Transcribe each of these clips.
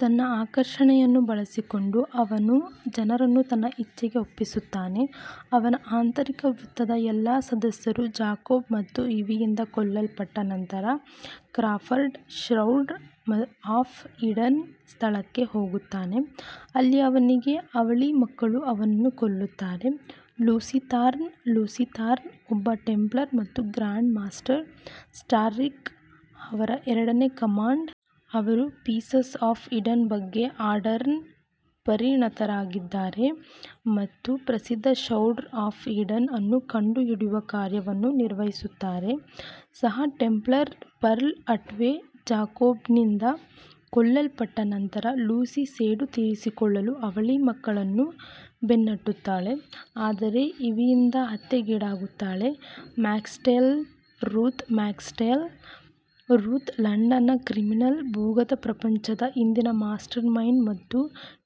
ತನ್ನ ಆಕರ್ಷಣೆಯನ್ನು ಬಳಸಿಕೊಂಡು, ಅವನು ಜನರನ್ನು ತನ್ನ ಇಚ್ಛೆಗೆ ಒಪ್ಪಿಸುತ್ತಾನೆ. ಅವನ ಆಂತರಿಕ ವೃತ್ತದ ಎಲ್ಲಾ ಸದಸ್ಯರು ಜಾಕೋಬ್ ಮತ್ತು ಇವಿಯಿಂದ ಕೊಲ್ಲಲ್ಪಟ್ಟ ನಂತರ, ಕ್ರಾಫರ್ಡ್ ಶ್ರೌಡ್ ಆಫ್ ಈಡನ್ ಸ್ಥಳಕ್ಕೆ ಹೋಗುತ್ತಾನೆ, ಅಲ್ಲಿ ಅವನಿಗೆ ಅವಳಿ ಮಕ್ಕಳು ಅವನನ್ನು ಕೊಲ್ಲುತ್ತಾರೆ. ಲೂಸಿ ಥಾರ್ನ್ ಲೂಸಿ ಥಾರ್ನ್ ಒಬ್ಬ ಟೆಂಪ್ಲರ್ ಮತ್ತು ಗ್ರ್ಯಾಂಡ್ ಮಾಸ್ಟರ್ ಸ್ಟಾರ್ರಿಕ್ ಅವರ ಎರಡನೇ-ಕಮಾಂಡ್. ಅವರು ಪೀಸಸ್ ಆಫ್ ಈಡನ್ ಬಗ್ಗೆ ಆರ್ಡರ್ನ ಪರಿಣತರಾಗಿದ್ದಾರೆ ಮತ್ತು ಪ್ರಸಿದ್ಧ ಶ್ರೌಡ್ ಆಫ್ ಈಡನ್ ಅನ್ನು ಕಂಡುಹಿಡಿಯುವ ಕಾರ್ಯವನ್ನು ನಿರ್ವಹಿಸುತ್ತಾರೆ. ಸಹ ಟೆಂಪ್ಲರ್ ಪರ್ಲ್ ಅಟ್ವೇ ಜಾಕೋಬ್ನಿಂದ ಕೊಲ್ಲಲ್ಪಟ್ಟ ನಂತರ, ಲೂಸಿ ಸೇಡು ತೀರಿಸಿಕೊಳ್ಳಲು ಅವಳಿ ಮಕ್ಕಳನ್ನು ಬೆನ್ನಟ್ಟುತ್ತಾಳೆ, ಆದರೆ ಇವಿಯಿಂದ ಹತ್ಯೆಗೀಡಾಗುತ್ತಾಳೆ. ಮ್ಯಾಕ್ಸ್ವೆಲ್ ರೋತ್ ಮ್ಯಾಕ್ಸ್ವೆಲ್ ರೋತ್ ಲಂಡನ್ನ ಕ್ರಿಮಿನಲ್ ಭೂಗತ ಪ್ರಪಂಚದ ಹಿಂದಿನ ಮಾಸ್ಟರ್ ಮೈಂಡ್ ಮತ್ತು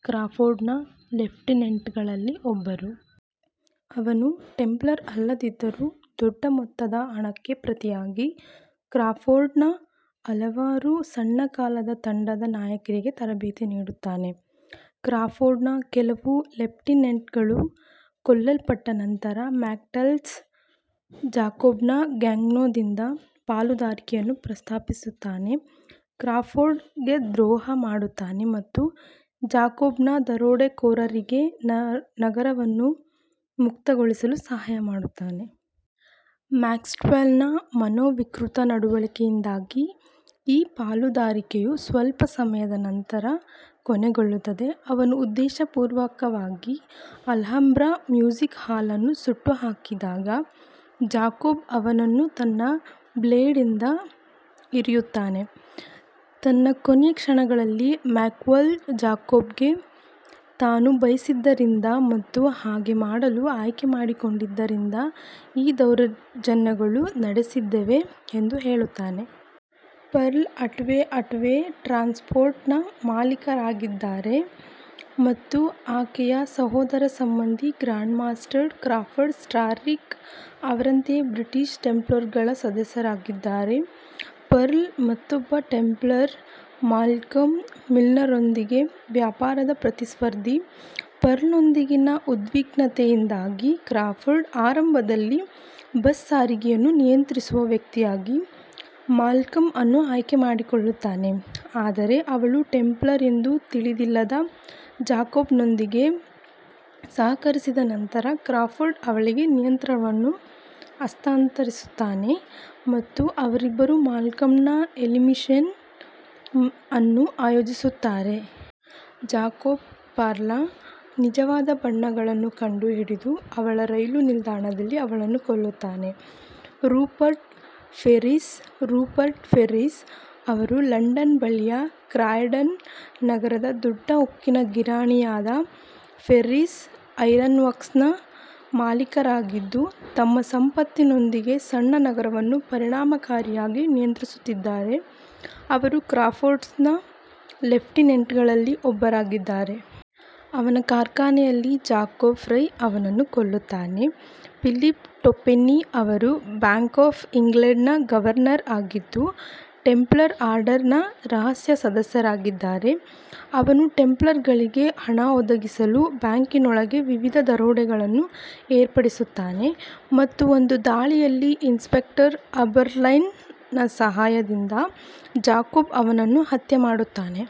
ಕ್ರಾಫೋರ್ಡ್ನ ಲೆಫ್ಟಿನೆಂಟ್ಗಳಲ್ಲಿ ಒಬ್ಬರು. ಅವನು ಟೆಂಪ್ಲರ್ ಅಲ್ಲದಿದ್ದರೂ, ದೊಡ್ಡ ಮೊತ್ತದ ಹಣಕ್ಕೆ ಪ್ರತಿಯಾಗಿ ಕ್ರಾಫೋರ್ಡ್ನ ಹಲವಾರು ಸಣ್ಣ-ಕಾಲದ ತಂಡದ ನಾಯಕರಿಗೆ ತರಬೇತಿ ನೀಡುತ್ತಾನೆ. ಕ್ರಾಫೋರ್ಡ್ನ ಕೆಲವು ಲೆಫ್ಟಿನೆಂಟ್ಗಳು ಕೊಲ್ಲಲ್ಪಟ್ಟ ನಂತರ, ಮ್ಯಾಕ್ಸ್ವೆಲ್ ಜಾಕೋಬ್ನ ಗ್ಯಾಂಗ್ನೊಂದಿಗೆ ಪಾಲುದಾರಿಕೆಯನ್ನು ಪ್ರಸ್ತಾಪಿಸುತ್ತಾನೆ, ಕ್ರಾಫೋರ್ಡ್ಗೆ ದ್ರೋಹ ಮಾಡುತ್ತಾನೆ ಮತ್ತು ಜಾಕೋಬ್ನ ದರೋಡೆಕೋರರಿಗೆ ನಗರವನ್ನು ಮುಕ್ತಗೊಳಿಸಲು ಸಹಾಯ ಮಾಡುತ್ತಾನೆ. ಮ್ಯಾಕ್ಸ್ವೆಲ್ನ ಮನೋವಿಕೃತ ನಡವಳಿಕೆಯಿಂದಾಗಿ ಈ ಪಾಲುದಾರಿಕೆಯು ಸ್ವಲ್ಪ ಸಮಯದ ನಂತರ ಕೊನೆಗೊಳ್ಳುತ್ತದೆ. ಅವನು ಉದ್ದೇಶಪೂರ್ವಕವಾಗಿ ಅಲ್ಹಂಬ್ರಾ ಮ್ಯೂಸಿಕ್ ಹಾಲ್ ಅನ್ನು ಸುಟ್ಟುಹಾಕಿದಾಗ, ಜಾಕೋಬ್ ಅವನನ್ನು ತನ್ನ ಬ್ಲೇಡ್ನಿಂದ ಇರಿಯುತ್ತಾನೆ. ತನ್ನ ಕೊನೆಯ ಕ್ಷಣಗಳಲ್ಲಿ, ಮ್ಯಾಕ್ಸ್ವೆಲ್ ಜಾಕೋಬ್ಗೆ ತಾನು ಬಯಸಿದ್ದರಿಂದ ಮತ್ತು ಹಾಗೆ ಮಾಡಲು ಆಯ್ಕೆ ಮಾಡಿಕೊಂಡಿದ್ದರಿಂದ ಈ ದೌರ್ಜನ್ಯಗಳನ್ನು ನಡೆಸಿದ್ದೇನೆ ಎಂದು ಹೇಳುತ್ತಾನೆ. ಪರ್ಲ್ ಅಟ್ವೇ ಅಟ್ವೇ ಟ್ರಾನ್ಸ್ಪೋರ್ಟ್ನ ಮಾಲೀಕರಾಗಿದ್ದಾರೆ ಮತ್ತು ಆಕೆಯ ಸೋದರಸಂಬಂಧಿ ಗ್ರ್ಯಾಂಡ್ ಮಾಸ್ಟರ್ ಕ್ರಾಫರ್ಡ್ ಸ್ಟಾರ್ರಿಕ್ ಅವರಂತೆಯೇ ಬ್ರಿಟಿಷ್ ಟೆಂಪ್ಲರ್ಗಳ ಸದಸ್ಯರಾಗಿದ್ದಾರೆ. ಪರ್ಲ್ ಮತ್ತೊಬ್ಬ ಟೆಂಪ್ಲರ್ ಮಾಲ್ಕಮ್ ಮಿಲ್ನರ್ರೊಂದಿಗೆ ವ್ಯಾಪಾರದ ಪ್ರತಿಸ್ಪರ್ಧಿ. ಪರ್ಲ್ನೊಂದಿಗಿನ ಉದ್ವಿಗ್ನತೆಯಿಂದಾಗಿ ಕ್ರಾಫರ್ಡ್ ಆರಂಭದಲ್ಲಿ ಬಸ್ ಸಾರಿಗೆಯನ್ನು ನಿಯಂತ್ರಿಸುವ ವ್ಯಕ್ತಿಯಾಗಿ ಮಾಲ್ಕಮ್ ಅನ್ನು ಆಯ್ಕೆ ಮಾಡಿಕೊಳ್ಳುತ್ತಾನೆ, ಆದರೆ ಅವಳು ಟೆಂಪ್ಲರ್ ಎಂದು ತಿಳಿದಿಲ್ಲದ ಜಾಕೋಬ್ನೊಂದಿಗೆ ಸಹಕರಿಸಿದ ನಂತರ, ಕ್ರಾಫರ್ಡ್ ಅವಳಿಗೆ ನಿಯಂತ್ರಣವನ್ನು ಹಸ್ತಾಂತರಿಸುತ್ತಾನೆ ಮತ್ತು ಅವರಿಬ್ಬರೂ ಮಾಲ್ಕಮ್ನ ಎಲಿಮಿನೇಷನ್ ಅನ್ನು ಆಯೋಜಿಸುತ್ತಾರೆ. ಜಾಕೋಬ್ ಪರ್ಲ್ನ ನಿಜವಾದ ಬಣ್ಣಗಳನ್ನು ಕಂಡುಹಿಡಿದು ಅವಳ ರೈಲು ನಿಲ್ದಾಣದಲ್ಲಿ ಅವಳನ್ನು ಕೊಲ್ಲುತ್ತಾನೆ. ರೂಪರ್ಟ್ ಫೆರ್ರಿಸ್ ರೂಪರ್ಟ್ ಫೆರ್ರಿಸ್ ಅವರು ಲಂಡನ್ ಬಳಿಯ ಕ್ರಾಯ್ಡನ್ ನಗರದ ದೊಡ್ಡ ಉಕ್ಕಿನ ಗಿರಣಿಯಾದ ಫೆರ್ರಿಸ್ ಐರನ್ವರ್ಕ್ಸ್ನ ಮಾಲೀಕರಾಗಿದ್ದು, ತಮ್ಮ ಸಂಪತ್ತಿನೊಂದಿಗೆ ಸಣ್ಣ ನಗರವನ್ನು ಪರಿಣಾಮಕಾರಿಯಾಗಿ ನಿಯಂತ್ರಿಸುತ್ತಿದ್ದಾರೆ. ಅವರು ಕ್ರಾಫೋರ್ಡ್ನ ಲೆಫ್ಟಿನೆಂಟ್ಗಳಲ್ಲಿ ಒಬ್ಬರಾಗಿದ್ದಾರೆ. ಅವನ ಕಾರ್ಖಾನೆಯಲ್ಲಿ ಜಾಕೋಬ್ ಫ್ರೈ ಅವನನ್ನು ಕೊಲ್ಲುತ್ತಾನೆ. ಫಿಲಿಪ್ ಟ್ವೊಪೆನ್ನಿ ಅವರು ಬ್ಯಾಂಕ್ ಆಫ್ ಇಂಗ್ಲೆಂಡ್ನ ಗವರ್ನರ್ ಆಗಿದ್ದು, ಟೆಂಪ್ಲರ್ ಆರ್ಡರ್ನ ರಹಸ್ಯ ಸದಸ್ಯರಾಗಿದ್ದಾರೆ. ಅವನು ಟೆಂಪ್ಲರ್ಗಳಿಗೆ ಹಣ ಒದಗಿಸಲು ಬ್ಯಾಂಕಿನೊಳಗೆ ವಿವಿಧ ದರೋಡೆಗಳನ್ನು ಏರ್ಪಡಿಸುತ್ತಾನೆ, ಮತ್ತು ಒಂದು ದಾಳಿಯಲ್ಲಿ, ಇನ್ಸ್ಪೆಕ್ಟರ್ ಅಬರ್ಲೈನ್ನ ಸಹಾಯದಿಂದ ಜಾಕೋಬ್ ಅವನನ್ನು ಹತ್ಯೆ ಮಾಡುತ್ತಾನೆ.